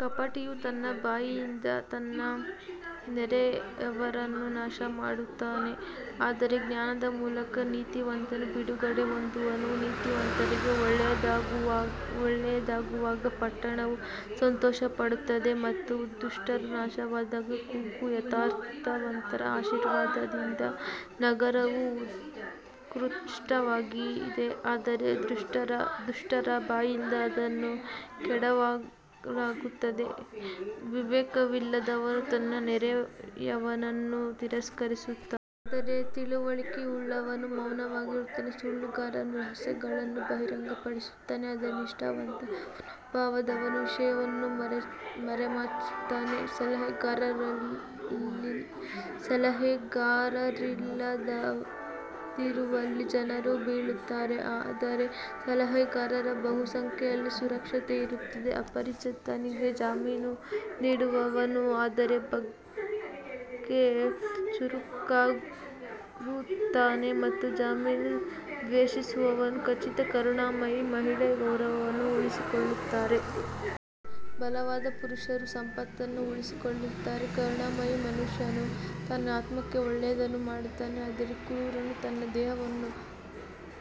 ಕಪಟಿಯು ತನ್ನ ಬಾಯಿಯಿಂದ ತನ್ನ ನೆರೆಯವರನ್ನು ನಾಶಮಾಡುತ್ತಾನೆ ಆದರೆ ಜ್ಞಾನದ ಮೂಲಕ ನೀತಿವಂತನು ಬಿಡುಗಡೆ ಹೊಂದುವನು ನೀತಿವಂತರಿಗೆ ಒಳ್ಳೆಯದಾಗುವಾಗ ಪಟ್ಟಣವು ಸಂತೋಷಪಡುತ್ತದೆ ಮತ್ತು ದುಷ್ಟರು ನಾಶವಾದಾಗ ಕೂಗು. ಯಥಾರ್ಥವಂತರ ಆಶೀರ್ವಾದದಿಂದ ನಗರವು ಉತ್ಕೃಷ್ಟವಾಗಿದೆ ಆದರೆ ದುಷ್ಟರ ಬಾಯಿಂದ ಅದನ್ನು ಕೆಡವಲಾಗುತ್ತದೆ ವಿವೇಕವಿಲ್ಲದವನು ತನ್ನ ನೆರೆಯವನನ್ನು ತಿರಸ್ಕರಿಸುತ್ತಾನೆ ಆದರೆ ತಿಳುವಳಿಕೆಯುಳ್ಳವನು ಮೌನವಾಗಿರುತ್ತಾನೆ ಸುಳ್ಳುಗಾರನು ರಹಸ್ಯಗಳನ್ನು ಬಹಿರಂಗಪಡಿಸುತ್ತಾನೆ ಆದರೆ ನಿಷ್ಠಾವಂತ ಮನೋಭಾವದವನು ವಿಷಯವನ್ನು ಮರೆಮಾಚುತ್ತಾನೆ ಸಲಹೆಗಾರರಿಲ್ಲದಿರುವಲ್ಲಿ ಜನರು ಬೀಳುತ್ತಾರೆ ಆದರೆ ಸಲಹೆಗಾರರ ಬಹುಸಂಖ್ಯೆಯಲ್ಲಿ ಸುರಕ್ಷತೆ ಇರುತ್ತದೆ ಅಪರಿಚಿತನಿಗೆ ಜಾಮೀನು ನೀಡುವವನು ಅದರ ಬಗ್ಗೆ ಚುರುಕಾಗುತ್ತಾನೆ ಮತ್ತು ಜಾಮೀನು ದ್ವೇಷಿಸುವವನು ಖಚಿತ ಕರುಣಾಮಯಿ ಮಹಿಳೆ ಗೌರವವನ್ನು ಉಳಿಸಿಕೊಳ್ಳುತ್ತಾಳೆ ಮತ್ತು ಬಲವಾದ ಪುರುಷರು ಸಂಪತ್ತನ್ನು ಉಳಿಸಿಕೊಳ್ಳುತ್ತಾರೆ ಕರುಣಾಮಯಿ ಮನುಷ್ಯನು ತನ್ನ ಆತ್ಮಕ್ಕೆ ಒಳ್ಳೆಯದನ್ನು ಮಾಡುತ್ತಾನೆ ಆದರೆ ಕ್ರೂರನು ತನ್ನ ದೇಹವನ್ನು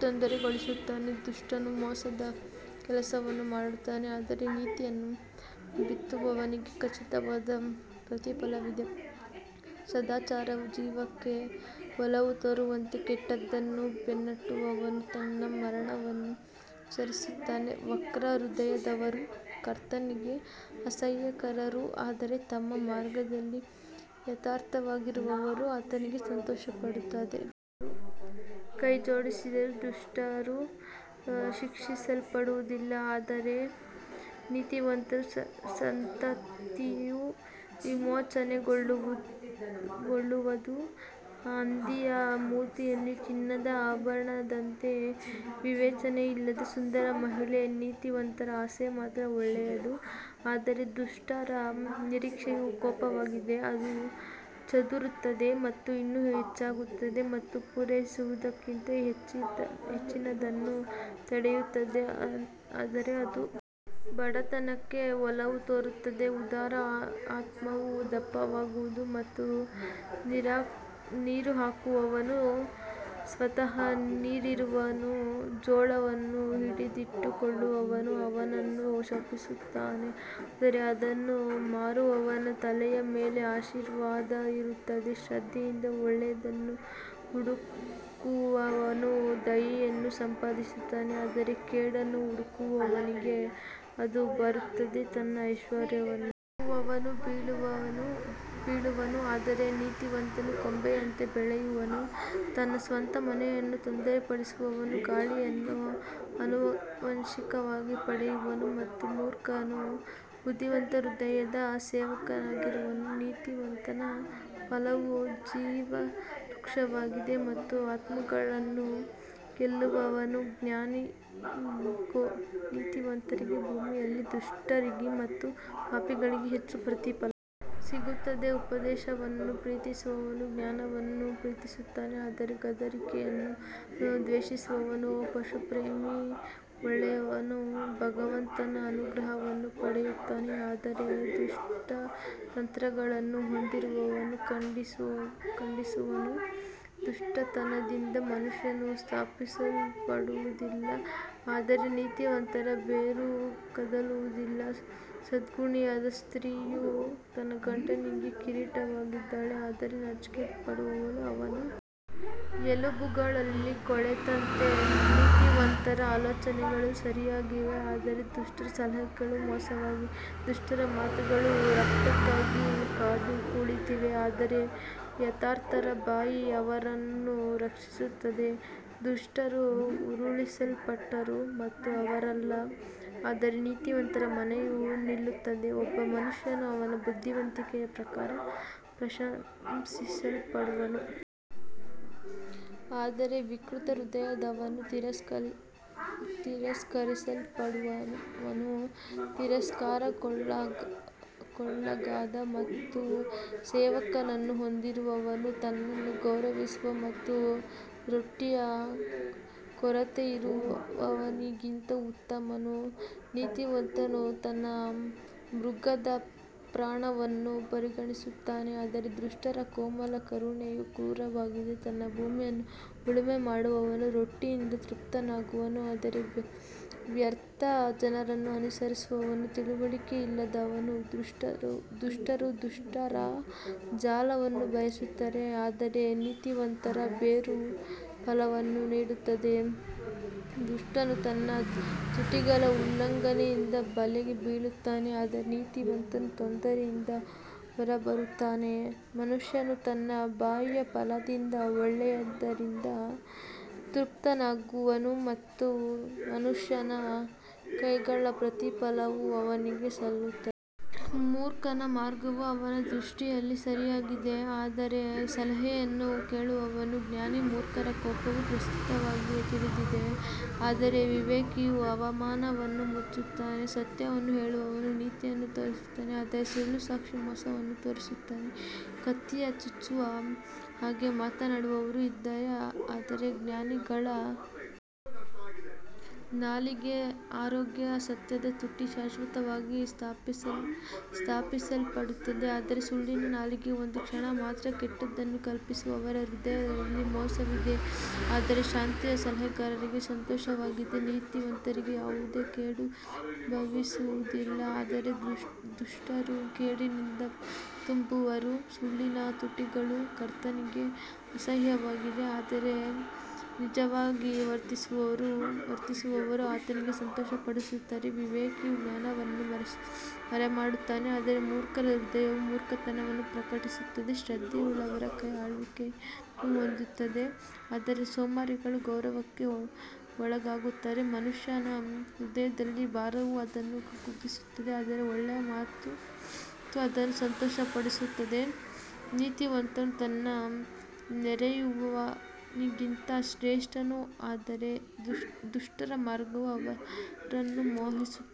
ತೊಂದರೆಗೊಳಿಸುತ್ತಾನೆ ದುಷ್ಟನು ಮೋಸದ ಕೆಲಸವನ್ನು ಮಾಡುತ್ತಾನೆ ಆದರೆ ನೀತಿಯನ್ನು ಬಿತ್ತುವವನಿಗೆ ಖಚಿತವಾದ ಪ್ರತಿಫಲವಿದೆ ಸದಾಚಾರವು ಜೀವಕ್ಕೆ ಒಲವು ತೋರುವಂತೆ ಕೆಟ್ಟದ್ದನ್ನು ಬೆನ್ನಟ್ಟುವವನು ತನ್ನ ಮರಣವನ್ನು ಅನುಸರಿಸುತ್ತಾನೆ ವಕ್ರ ಹೃದಯದವರು ಕರ್ತನಿಗೆ ಅಸಹ್ಯಕರರು ಆದರೆ ತಮ್ಮ ಮಾರ್ಗದಲ್ಲಿ ಯಥಾರ್ಥವಾಗಿರುವವರು ಆತನಿಗೆ ಸಂತೋಷಪಡುತ್ತಾರೆ. ಕೈಜೋಡಿಸಿದರೂ ದುಷ್ಟರು ಶಿಕ್ಷಿಸಲ್ಪಡುವುದಿಲ್ಲ ಆದರೆ ನೀತಿವಂತರ ಸಂತತಿಯು ವಿಮೋಚನೆಗೊಳ್ಳುವದು ಹಂದಿಯ ಮೂತಿಯಲ್ಲಿ ಚಿನ್ನದ ಆಭರಣದಂತೆ ವಿವೇಚನೆಯಿಲ್ಲದ ಸುಂದರ ಮಹಿಳೆ ನೀತಿವಂತರ ಆಸೆ ಮಾತ್ರ ಒಳ್ಳೆಯದು ಆದರೆ ದುಷ್ಟರ ನಿರೀಕ್ಷೆಯು ಕೋಪವಾಗಿದೆ ಅದು ಚದುರುತ್ತದೆ ಮತ್ತು ಇನ್ನೂ ಹೆಚ್ಚಾಗುತ್ತದೆ ಮತ್ತು ಪೂರೈಸುವುದಕ್ಕಿಂತ ಹೆಚ್ಚಿನದನ್ನು ತಡೆಹಿಡಿಯುತ್ತದೆ ಆದರೆ ಅದು ಬಡತನಕ್ಕೆ ಒಲವು ತೋರುತ್ತದೆ ಉದಾರ ಆತ್ಮವು ದಪ್ಪವಾಗುವುದು ಮತ್ತು ನೀರುಹಾಕುವವನು ಸ್ವತಃ ನೀರಿರುವನು ಜೋಳವನ್ನು ಹಿಡಿದಿಟ್ಟುಕೊಳ್ಳುವವನು ಅವನನ್ನು ಶಪಿಸುತ್ತಾನೆ ಆದರೆ ಅದನ್ನು ಮಾರುವವನ ತಲೆಯ ಮೇಲೆ ಆಶೀರ್ವಾದ ಇರುತ್ತದೆ ಶ್ರದ್ಧೆಯಿಂದ ಒಳ್ಳೆಯದನ್ನು ಹುಡುಕುವವನು ದಯೆಯನ್ನು ಸಂಪಾದಿಸುತ್ತಾನೆ ಆದರೆ ಕೇಡನ್ನು ಹುಡುಕುವವನಿಗೆ ಅದು ಬರುತ್ತದೆ ತನ್ನ ಐಶ್ವರ್ಯವನ್ನು ನಂಬುವವನು ಬೀಳುವನು ಆದರೆ ನೀತಿವಂತನು ಕೊಂಬೆಯಂತೆ ಬೆಳೆಯುವನು ತನ್ನ ಸ್ವಂತ ಮನೆಯನ್ನು ತೊಂದರೆಪಡಿಸುವವನು ಗಾಳಿಯನ್ನು ಆನುವಂಶಿಕವಾಗಿ ಪಡೆಯುವನು ಮತ್ತು ಮೂರ್ಖನು ಬುದ್ಧಿವಂತ ಹೃದಯದ ಸೇವಕನಾಗಿರುವನು ನೀತಿವಂತನ ಫಲವು ಜೀವವೃಕ್ಷವಾಗಿದೆ ಮತ್ತು ಆತ್ಮಗಳನ್ನು ಗೆಲ್ಲುವವನು ಜ್ಞಾನಿ ಇಗೋ, ನೀತಿವಂತರಿಗೆ ಭೂಮಿಯಲ್ಲಿ ದುಷ್ಟರಿಗೆ ಮತ್ತು ಪಾಪಿಗಳಿಗೆ ಹೆಚ್ಚು ಪ್ರತಿಫಲ ಸಿಗುತ್ತದೆ ಉಪದೇಶವನ್ನು ಪ್ರೀತಿಸುವವನು ಜ್ಞಾನವನ್ನು ಪ್ರೀತಿಸುತ್ತಾನೆ ಆದರೆ ಗದರಿಕೆಯನ್ನು ದ್ವೇಷಿಸುವವನು ಪಶುಪ್ರೇಮಿ ಒಳ್ಳೆಯವನು ಭಗವಂತನ ಅನುಗ್ರಹವನ್ನು ಪಡೆಯುತ್ತಾನೆ ಆದರೆ ದುಷ್ಟ ತಂತ್ರಗಳನ್ನು ಹೊಂದಿರುವವನು ಖಂಡಿಸುವನು ದುಷ್ಟತನದಿಂದ ಮನುಷ್ಯನು ಸ್ಥಾಪಿಸಲ್ಪಡುವದಿಲ್ಲ ಆದರೆ ನೀತಿವಂತರ ಬೇರು ಕದಲುವುದಿಲ್ಲ ಸದ್ಗುಣಿಯಾದ ಸ್ತ್ರೀಯು ತನ್ನ ಗಂಡನಿಗೆ ಕಿರೀಟವಾಗಿದ್ದಾಳೆ ಆದರೆ ನಾಚಿಕೆಪಡುವವಳು ಅವನ ಎಲುಬುಗಳಲ್ಲಿ ಕೊಳೆತಂತೆ ನೀತಿವಂತರ ಆಲೋಚನೆಗಳು ಸರಿಯಾಗಿವೆ ಆದರೆ ದುಷ್ಟರ ಸಲಹೆಗಳು ಮೋಸವಾಗಿವೆ ದುಷ್ಟರ ಮಾತುಗಳು ರಕ್ತಕ್ಕಾಗಿ ಕಾದು ಕುಳಿತಿವೆ ಆದರೆ ಯಥಾರ್ಥರ ಬಾಯಿ ಅವರನ್ನು ರಕ್ಷಿಸುತ್ತದೆ ದುಷ್ಟರು ಉರುಳಿಸಲ್ಪಟ್ಟರು ಮತ್ತು ಅವರಲ್ಲ ಆದರೆ ನೀತಿವಂತರ ಮನೆಯು ನಿಲ್ಲುತ್ತದೆ ಒಬ್ಬ ಮನುಷ್ಯನು ಅವನ ಬುದ್ಧಿವಂತಿಕೆಯ ಪ್ರಕಾರ ಪ್ರಶಂಸಿಸಲ್ಪಡುವನು ಆದರೆ ವಿಕೃತ ಹೃದಯದವನು ತಿರಸ್ಕರಿಸಲ್ಪಡುವನು ತಿರಸ್ಕಾರಕ್ಕೊಳಗಾದ ಮತ್ತು ಸೇವಕನನ್ನು ಹೊಂದಿರುವವನು ತನ್ನನ್ನು ಗೌರವಿಸುವ ಮತ್ತು ರೊಟ್ಟಿಯ ಕೊರತೆಯಿರುವವನಿಗಿಂತ ಉತ್ತಮನು ನೀತಿವಂತನು ತನ್ನ ಮೃಗದ ಪ್ರಾಣವನ್ನು ಪರಿಗಣಿಸುತ್ತಾನೆ ಆದರೆ ದುಷ್ಟರ ಕೋಮಲ ಕರುಣೆಯು ಕ್ರೂರವಾಗಿದೆ ತನ್ನ ಭೂಮಿಯನ್ನು ಉಳುಮೆ ಮಾಡುವವನು ರೊಟ್ಟಿಯಿಂದ ತೃಪ್ತನಾಗುವನು ಆದರೆ ವ್ಯರ್ಥ ಜನರನ್ನು ಅನುಸರಿಸುವವನು ತಿಳುವಳಿಕೆಯಿಲ್ಲದವನು ದುಷ್ಟರು ದುಷ್ಟರ ಜಾಲವನ್ನು ಬಯಸುತ್ತಾರೆ ಆದರೆ ನೀತಿವಂತರ ಬೇರು ಫಲವನ್ನು ನೀಡುತ್ತದೆ ದುಷ್ಟನು ತನ್ನ ತುಟಿಗಳ ಉಲ್ಲಂಘನೆಯಿಂದ ಬಲೆಗೆ ಬೀಳುತ್ತಾನೆ ಆದರೆ ನೀತಿವಂತನು ತೊಂದರೆಯಿಂದ ಹೊರಬರುತ್ತಾನೆ ಮನುಷ್ಯನು ತನ್ನ ಬಾಯಿಯ ಫಲದಿಂದ ಒಳ್ಳೆಯದರಿಂದ ತೃಪ್ತನಾಗುವನು ಮತ್ತು ಮನುಷ್ಯನ ಕೈಗಳ ಪ್ರತಿಫಲವು ಅವನಿಗೆ ಸಲ್ಲುತ್ತದೆ. ಮೂರ್ಖನ ಮಾರ್ಗವು ಅವನ ದೃಷ್ಟಿಯಲ್ಲಿ ಸರಿಯಾಗಿದೆ ಆದರೆ ಸಲಹೆಯನ್ನು ಕೇಳುವವನು ಜ್ಞಾನಿ ಮೂರ್ಖರ ಕೋಪವು ಪ್ರಸ್ತುತವಾಗಿ ತಿಳಿದಿದೆ ಆದರೆ ವಿವೇಕಿಯು ಅವಮಾನವನ್ನು ಮುಚ್ಚುತ್ತಾನೆ ಸತ್ಯವನ್ನು ಹೇಳುವವನು ನೀತಿಯನ್ನು ತೋರಿಸುತ್ತಾನೆ ಆದರೆ ಸುಳ್ಳು ಸಾಕ್ಷಿ ಮೋಸವನ್ನು ತೋರಿಸುತ್ತಾನೆ ಕತ್ತಿಯ ಚುಚ್ಚುವ ಹಾಗೆ ಮಾತನಾಡುವವರು ಇದ್ದಾರೆ ಆದರೆ ಜ್ಞಾನಿಗಳ ನಾಲಿಗೆ ಆರೋಗ್ಯ ಸತ್ಯದ ತುಟಿ ಶಾಶ್ವತವಾಗಿ ಸ್ಥಾಪಿಸಲ್ಪಡುತ್ತದೆ ಆದರೆ ಸುಳ್ಳಿನ ನಾಲಿಗೆ ಒಂದು ಕ್ಷಣ ಮಾತ್ರ ಕೆಟ್ಟದ್ದನ್ನು ಕಲ್ಪಿಸುವವರ ಹೃದಯದಲ್ಲಿ ಮೋಸವಿದೆ ಆದರೆ ಶಾಂತಿಯ ಸಲಹೆಗಾರರಿಗೆ ಸಂತೋಷವಾಗಿದೆ ನೀತಿವಂತರಿಗೆ ಯಾವುದೇ ಕೇಡು ಸಂಭವಿಸುವುದಿಲ್ಲ ಆದರೆ ದುಷ್ಟರು ಕೇಡಿನಿಂದ ತುಂಬುವರು ಸುಳ್ಳಿನ ತುಟಿಗಳು ಕರ್ತನಿಗೆ ಅಸಹ್ಯವಾಗಿದೆ ಆದರೆ ನಿಜವಾಗಿ ವರ್ತಿಸುವವರು ಆತನಿಗೆ ಸಂತೋಷಪಡುತ್ತಾರೆ ವಿವೇಕಿಯು ಜ್ಞಾನವನ್ನು ಮರೆಮಾಡುತ್ತಾನೆ ಆದರೆ ಮೂರ್ಖರ ಹೃದಯವು ಮೂರ್ಖತನವನ್ನು ಪ್ರಕಟಿಸುತ್ತದೆ ಶ್ರದ್ಧೆಯುಳ್ಳವರ ಕೈ ಆಳ್ವಿಕೆಯನ್ನು ಹೊಂದುತ್ತದೆ ಆದರೆ ಸೋಮಾರಿಗಳು ಗೌರವಕ್ಕೆ ಒಳಗಾಗುತ್ತಾರೆ ಮನುಷ್ಯನ ಹೃದಯದಲ್ಲಿನ ಭಾರವು ಅದನ್ನು ಕುಗ್ಗಿಸುತ್ತದೆ ಆದರೆ ಒಳ್ಳೆಯ ಮಾತು ಅದನ್ನು ಸಂತೋಷಪಡಿಸುತ್ತದೆ ನೀತಿವಂತನು ತನ್ನ ನೆರೆಯವನಿಗಿಂತ ಶ್ರೇಷ್ಠನು ಆದರೆ ದುಷ್ಟರ ಮಾರ್ಗವು ಅವರನ್ನು ಮೋಹಿಸುತ್ತದೆ.